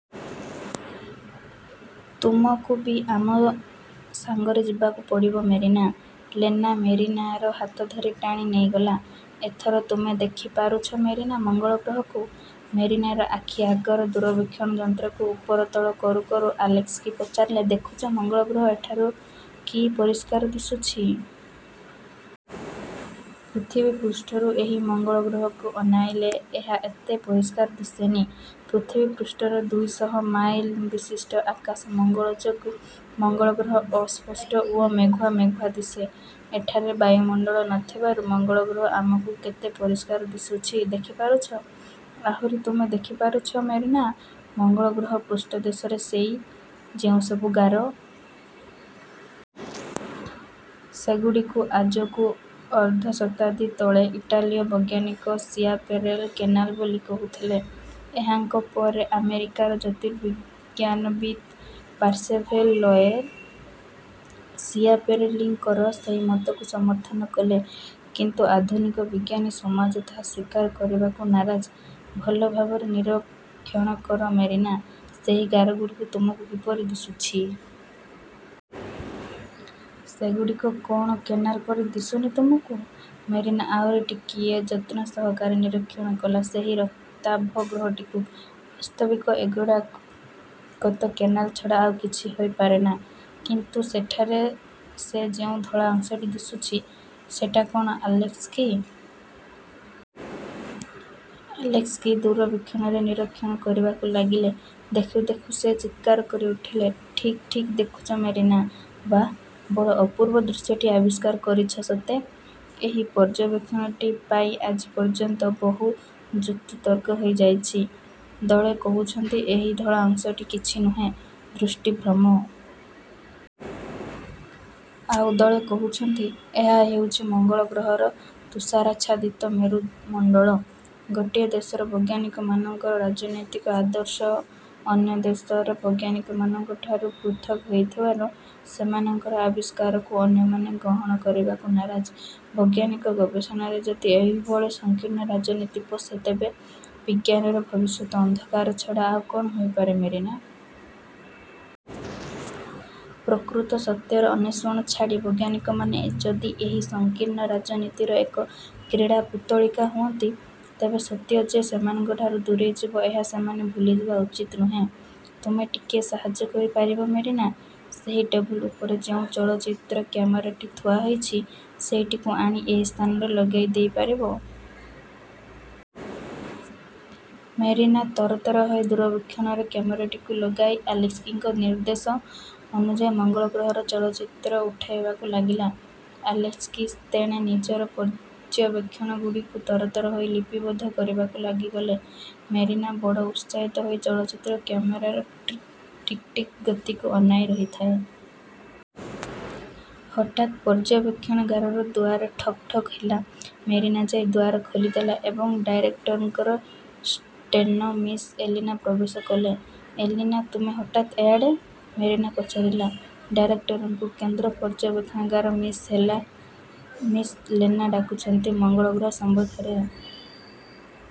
ତୁମକୁ ବି ଆମ ସାଙ୍ଗରେ ଯିବାକୁ ପଡ଼ିବ ମେରିନା। '' ଲେନା ମେରିନାର ହାତ ଧରି ଟାଣି। ନେଇଗଲା। ''ଏଥର ତୁମେ ଦେଖିପାରୁଛ ମେରିନା ମଙ୍ଗଳଗ୍ରହକୁ? '' ମେରିନାର ଆଖି ଆଗର ଦୂରବୀକ୍ଷଣ ଯନ୍ତ୍ରକୁ ଉପର ତଳ କରୁଁ କରୁଁ ଆଲେସ୍କି ପଚାରିଲେ, ''ଦେଖୁଛ ମଙ୍ଗଳଗ୍ରହ ଏଠାରୁ କି ପରିଷ୍କାର ଦିଶୁଚି। ପୃଥିବୀପୃଷ୍ଠରୁ ଏହି ମଙ୍ଗଳଗ୍ରହକୁ ଅନାଇଲେ, ଏହା ଏତେ ପରିଷ୍କାର ଦିଶେନି। ପୃଥିବୀପୃଷ୍ଠର ଦୁଇ ଶହ ମାଇଲବିଶିଷ୍ଟ ଆକାଶ ମଙ୍ଗଳ ଯୋଗୁ ମଙ୍ଗଳଗ୍ରହ ଅସ୍ପଷ୍ଟ ଓ ମେଘୁଆମେଘୁଆ ଦିଶେ। ଏଠାରେ ବାୟୁମଣ୍ଡଳ ନଥିବାରୁ ମଙ୍ଗଳଗ୍ରହ ଆମକୁ କେତେ ପରିଷ୍କାର ଦିଶୁଛି, ଦେଖିପାରୁଛ? ଆହୁରି ତୁମେ ଦେଖିପାରୁଛ ମେରିନା ମଙ୍ଗଳ ଗ୍ରହ ପୃଷ୍ଠଦେଶରେ ସେଇ ଯେଉଁସବୁ ଗାର? ସେଗୁଡ଼ିକୁ ଆଜକୁ ଅର୍ଦ୍ଧଶତାବ୍ଦୀ ତଳେ ଇଟାଲୀୟ ବୈଜ୍ଞାନିକ ସିଆପେରେଲ କେନାଲ ବୋଲି କହିଥିଲେ। ଏହାଙ୍କ ପରେ ଆମେରିକାର ଜ୍ୟୋତିର୍ବିଜ୍ଞାନବିଦ୍ ପାର୍ସିଭେଲ୍ ଲୋଏଲ୍ ସିଆପେରେଲିଙ୍କର ସେଇ ମତକୁ ସମର୍ଥନ କଲେ। କିନ୍ତୁ ଆଧୁନିକ ବିଜ୍ଞାନୀ ସମାଜ ତାହା ସ୍ୱୀକାର କରିବାକୁ ନାରାଜ। ଭଲ ଭାବରେ ନିରୀକ୍ଷଣ କର ମେରିନା, ସେଇ ଗାରଗୁଡ଼ିକ ତୁମକୁ କିପରି ଦିଶୁଚି। ସେଗୁଡ଼ିକ କ'ଣ କେନାଲ ପରି ଦିଶୁନି ତୁମକୁ? '' ମେରିନା ଆହୁରି ଟିକିଏ ଯତ୍ନସହକାରେ ନିରୀକ୍ଷଣ କଲା ସେହି ରକ୍ତାଭ ଗ୍ରହଟିକୁ–''ବାସ୍ତବିକ ଏଗୁଡ଼ାକ ତ କେନାଲ ଛଡ଼ା ଆଉ କିଛି ହୋଇପାରେ ନା। କିନ୍ତୁ ସେଠାରେ ସେ ଯେଉଁ ଧଳା ଅଂଶଟି ଦିଶୁଛି, ସେଟା କ'ଣ ଆଲେସ୍କି? '' ଆଲେସ୍କି ଦୂରବିକ୍ଷଣରେ ନିରୀକ୍ଷଣ କରିବାକୁ ଲାଗିଲେ। ଦେଖୁଁ ଦେଖୁଁ ସେ ଚିତ୍କାର କରିଉଠିଲେ, ''ଠିକ୍, ଠିକ୍ ଦେଖିଛ ମେରିନା! ବାଃ, ବଡ଼ ଅପୂର୍ବ ଦୃଶ୍ୟଟିଏ ଆବିଷ୍କାର କରିଛ ସତେ। ଏହି ପର୍ଯ୍ୟବେକ୍ଷଣଟି ପାଇଁ ଆଜି ପର୍ଯ୍ୟନ୍ତ ବହୁ ଯୁକ୍ତିତର୍କ ହୋଇଯାଇଛି। ଦଳେ କହୁଛନ୍ତି ଏହି ଧଳା ଅଂଶଟି କିଛି ନୁହେଁ, ଦୃଷ୍ଟିଭ୍ରମ। ଆଉ ଦଳେ କହୁଛନ୍ତି,. ଏହା ହେଉଛି ମଙ୍ଗଳ ଗ୍ରହର ତୁଷାରାଚ୍ଛାଦିତ ମେରୁମଣ୍ଡଳ। ଗୋଟିଏ ଦେଶର ବୈଜ୍ଞାନିକମାନଙ୍କର ରାଜନୈତିକ ଆଦର୍ଶ ଅନ୍ୟ ଦେଶର ବୈଜ୍ଞାନିକମାନଙ୍କଠାରୁ ପୃଥକ୍ ହୋଇଥିବାରୁ, ସେମାନଙ୍କର ଆବିଷ୍କାରକୁ ଅନ୍ୟମାନେ ଗହଣ କରିବାକୁ ନାରାଜ। ବୈଜ୍ଞାନିକ ଗବେଷଣାରେ ଯଦି ଏହିଭଳି ସଂକୀର୍ଣ୍ଣ ରାଜନୀତି ପଶେ, ତେବେ ବିଜ୍ଞାନର ଭବିଷ୍ୟତ ଅନ୍ଧକାର ଛଡ଼ା ଆଉ କ'ଣ ହୋଇପାରେ ମେରିନା? ପ୍ରକୃତ ସତ୍ୟର ଅନ୍ୱେଷଣ ଛାଡ଼ି ବୈଜ୍ଞାନିକମାନେ ଯଦି ଏହି ସଂକୀର୍ଣ୍ଣ ରାଜନୀତିର ଏକ କ୍ରୀଡ଼ା ପୁତ୍ତଳିକା ହୁଅନ୍ତି, ତେବେ ସତ୍ୟ ଯେ ସେମାନଙ୍କଠାରୁ ଦୂରେଇଯିବ ଏହା ସେମାନେ ଭୁଲିଯିବା ଉଚିତ ନୁହେଁ। ତୁମେ ଟିକିଏ ସାହାଯ୍ୟ କରିପାରିବ ମେରିନା। ସେହି ଟେବୁଲ ଉପରେ ଯେଉଁ ଚଳଚ୍ଚିତ୍ର କ୍ୟାମେରାଟି ଥୁଆ ହୋଇଛି, ସେଇଟିକୁ ଆଣି ଏଇ ସ୍ଥାନରେ ଲଗାଇ ଦେଇ ପାରିବ? '' ମେରିନା ତର ତର ହୋଇ ଦୂରବୀକ୍ଷଣରେ କ୍ୟାମେରାଟିକୁ ଲଗାଇ ଆଲେସ୍କିଙ୍କ ନିର୍ଦ୍ଦେଶ ଅନୁଯାୟୀ ମଙ୍ଗଳଗ୍ରହର ଚଳଚ୍ଚିତ୍ର ଉଠାଇବାକୁ ଲାଗିଲା। ଆଲେସ୍କି ତେଣେ ନିଜର ପର୍ଯ୍ୟବେକ୍ଷଣଗୁଡ଼ିକୁ ତରତର ହୋଇ ଲିପିବଦ୍ଧ କରିବାକୁ ଲାଗିଗଲେ। ମେରିନା ବଡ଼ ଉତ୍ସାହିତ ହୋଇ ଚଳଚ୍ଚିତ୍ର କ୍ୟାମେରାର ଟିକ୍ ଟିକ୍ ଗତିକୁ ଅନାଇ ରହିଥାଏ। ହଠାତ୍ ପର୍ଯ୍ୟବେକ୍ଷଣାଗାରର ଦୁଆରେ ଠକ୍ ଠକ୍ ହେଲା। ମେରିନା ଯାଇ ଦୁଆର ଖୋଲିଦେଲା ଏବଂ ଡାଇରେକ୍ଟରଙ୍କର ଷ୍ଟେନୋ ମିସ୍ ଏଲିନା ପ୍ରବେଶ କଲେ। ''ଏଲିନା, ତୁମେ ହଠାତ୍ ଏଆଡ଼େ? '' ମେରିନା ପଚାରିଲା। ''ଡାଇରେକ୍ଟରଙ୍କୁ କେନ୍ଦ୍ର ପର୍ଯ୍ୟବେକ୍ଷଣାଗାରର ମିସ୍ ଲେନା ଡାକୁଛନ୍ତି। ମଙ୍ଗଳ ଗ୍ରହ ସମ୍ୱନ୍ଧରେ